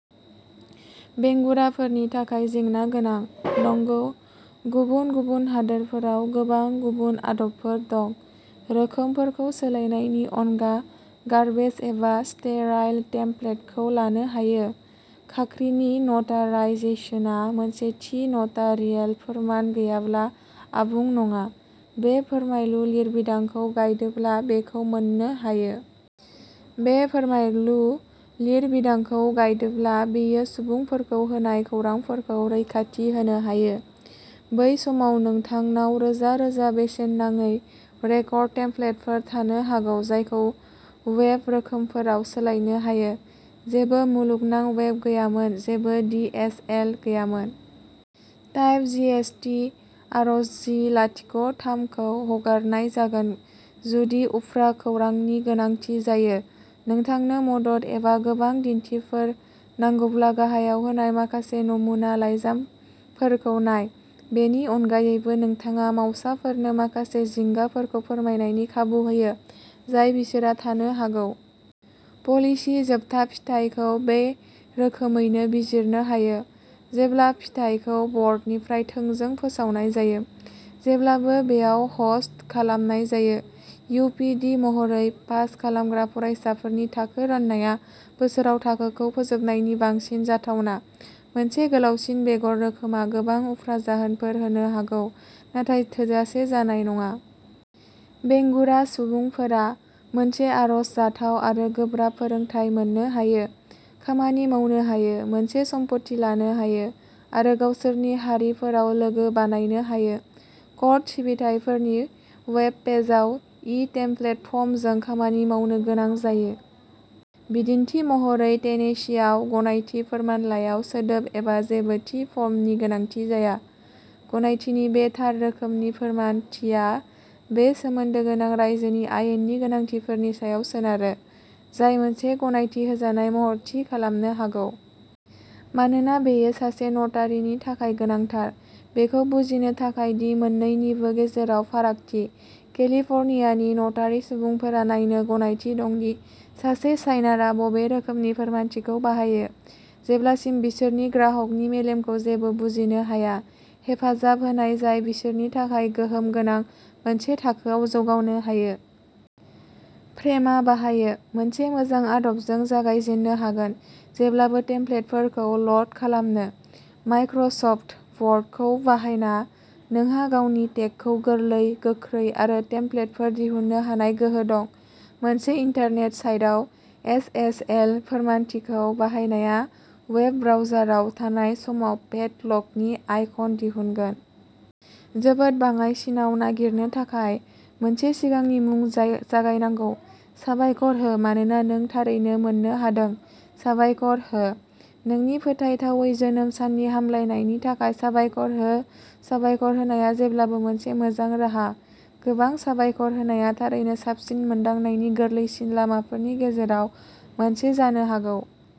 बेंगुराफोरनि थाखाय जेंना गोनां। नंगौ गुबुन गुबुन हादोरफोराव गोबां गुबुन आदबफोर दं। रोखोमफोरखौ सोलायनायनि अनगा गार्बेज एबा स्टेराइल टेमप्लेटखौ लानो हायो। खाख्रिनि नटाराइजेसनआ मोनसे थि नटारियेल फोरमान गैयाब्ला आबुं नङा। बे फोरमायलु लिरबिदांखौ गायदोब्ला बेखौ मोननो हायो। बे फोरमायलु लिरबिदांखौ गायदोब्ला बेयो सुबुंफोरखौ होनाय खौरांफोरखौ रैखाथि होनो हायो। बै समाव नोंथांनाव रोजा रोजा बेसेन नाङै रेकर्ड टेमप्लेटफोर थानो हागौ जायखौ वेब रोखोमफोराव सोलायनो हायो। जेबो मुलुगनां वेब गैयामोन, जेबो डि एस एल गैयामोन। टाइप जिएसटि आरइजि लाथिख’ थामखौ हगारनाय जागोन जुदि उफ्रा खौरांनि गोनांथि जायो। नोंथांनो मदद एबा गोबां दिन्थिफोर नांगौब्ला गाहायाव होनाय माखासे नमुना लाइजामफोरखौ नाय। बेनि अनगायैबो, नोंथाङा मावसाफोरनो माखासे जिंगाफोरखौ फोरमायनायनि खाबु होयो, जाय बिसोरहा थानो हागौ। पलिसि जोबथा फिथायखौ बे रोखोमैनो बिजिरनो हायो, जेब्ला फिथाइखौ बर्डनिफ्राय थोंजों फोसावनाय जायो, जेब्लाबो बेयाव ह'स्ट खालामनाय जायो। इउ पि डि महरै, पास खालामग्रा फरायसाफोरनि थाखो राननाया बोसोराव थाखोखौ फोजोबनायनि बांसिन जाथावना। मोनसे गोलावसिन बेगर रोखोमआ गोबां उफ्रा जाहोनफोर होनो हागौ, नाथाय थोजासे जानाय नङा। बेंगुरा सुबुंफोरा मोनसे आरजाथाव आरो गोब्राब फोरोंथाय मोननो हायो, खामानि मावनो हायो, मोनसे सम्पथि लानो हायो, आरो गावसोरनि हारिफोराव लोगो बानायनो हायो। कर्ट सिबिथाइफोरनि वेब पेजआव इ टेमप्लेट फर्मजों खामानि मावनो गोनां जायो। बिदिन्थि महरै, टेनेसीआव गनायथि फोरमानलाइयाव सोदोब एबा जेबो थि फर्मनि गोनांथि जाया। गनायथिनि बे थार रोखोमनि फोरमानथिया बे सोमोन्दो गोनां रायजोनि आयेननि गोनांथिफोरनि सायाव सोनारो, जाय मोनसे गनायथि होजानाय महर थि खालामनो हागौ। मानोना बेयो सासे नटारीनि थाखाय गोनांथार। बेखौ बुजिनो थाखाय दि मोननैनिबो गेजेराव फारागथि, केलिफर्नियानि नटारि सुबुंफोरा नायनो गनायथि दं दि सासे साइनारआ बबे रोखोमनि फोरमानथिखौ बाहायो। जेब्लासिम बिसोरनि ग्राहकनि मेलेमखौ जेबो बुजिनो हाया, हेफाजाब होनाय जाय बिसोरनि थाखाय गोहोम गोनां, मोनसे थाखोआव जौगानो हायो। फ्रेमआ बाहायो। मोनसे मोजां आदबजों जागायजेननो हागोन, जेब्लाबो टेमप्लेटफोरखौ ल'ड खालामनो। माइक्र'सफ्ट वर्डखौ बाहायना, नोंहा गावनि टेगखौ गोरलै, गोख्रै आरो टेमप्लेटफोर दिहुननो हानाय गोहो दं। मोनसे इन्टारनेट साइटआव एस एस एल फोरमानथिखौ बाहायनाया वेब ब्राउजाराव थानाय समाव पेड लकनि आइकन दिहुनगोन। जोबोद बाङाइसिनाव नागिरनो थाखाय मोनसे सिगांनि मुं जगायनांगौ। साबायखर हो, मानोना नों थारैनो मोननो हादों। साबायखर हो। नोंनि फोथायथावै जोनोम साननि हामलायनायनि थाखाय साबायखर हो साबायखर होनाया जेब्लाबो मोनसे मोजां राहा। गोबां साबायखर होनाया थारैनो साबसिन मोनदांनायनि गोरलैसिन लामाफोरनि गेजेराव मोनसे जानो हागौ।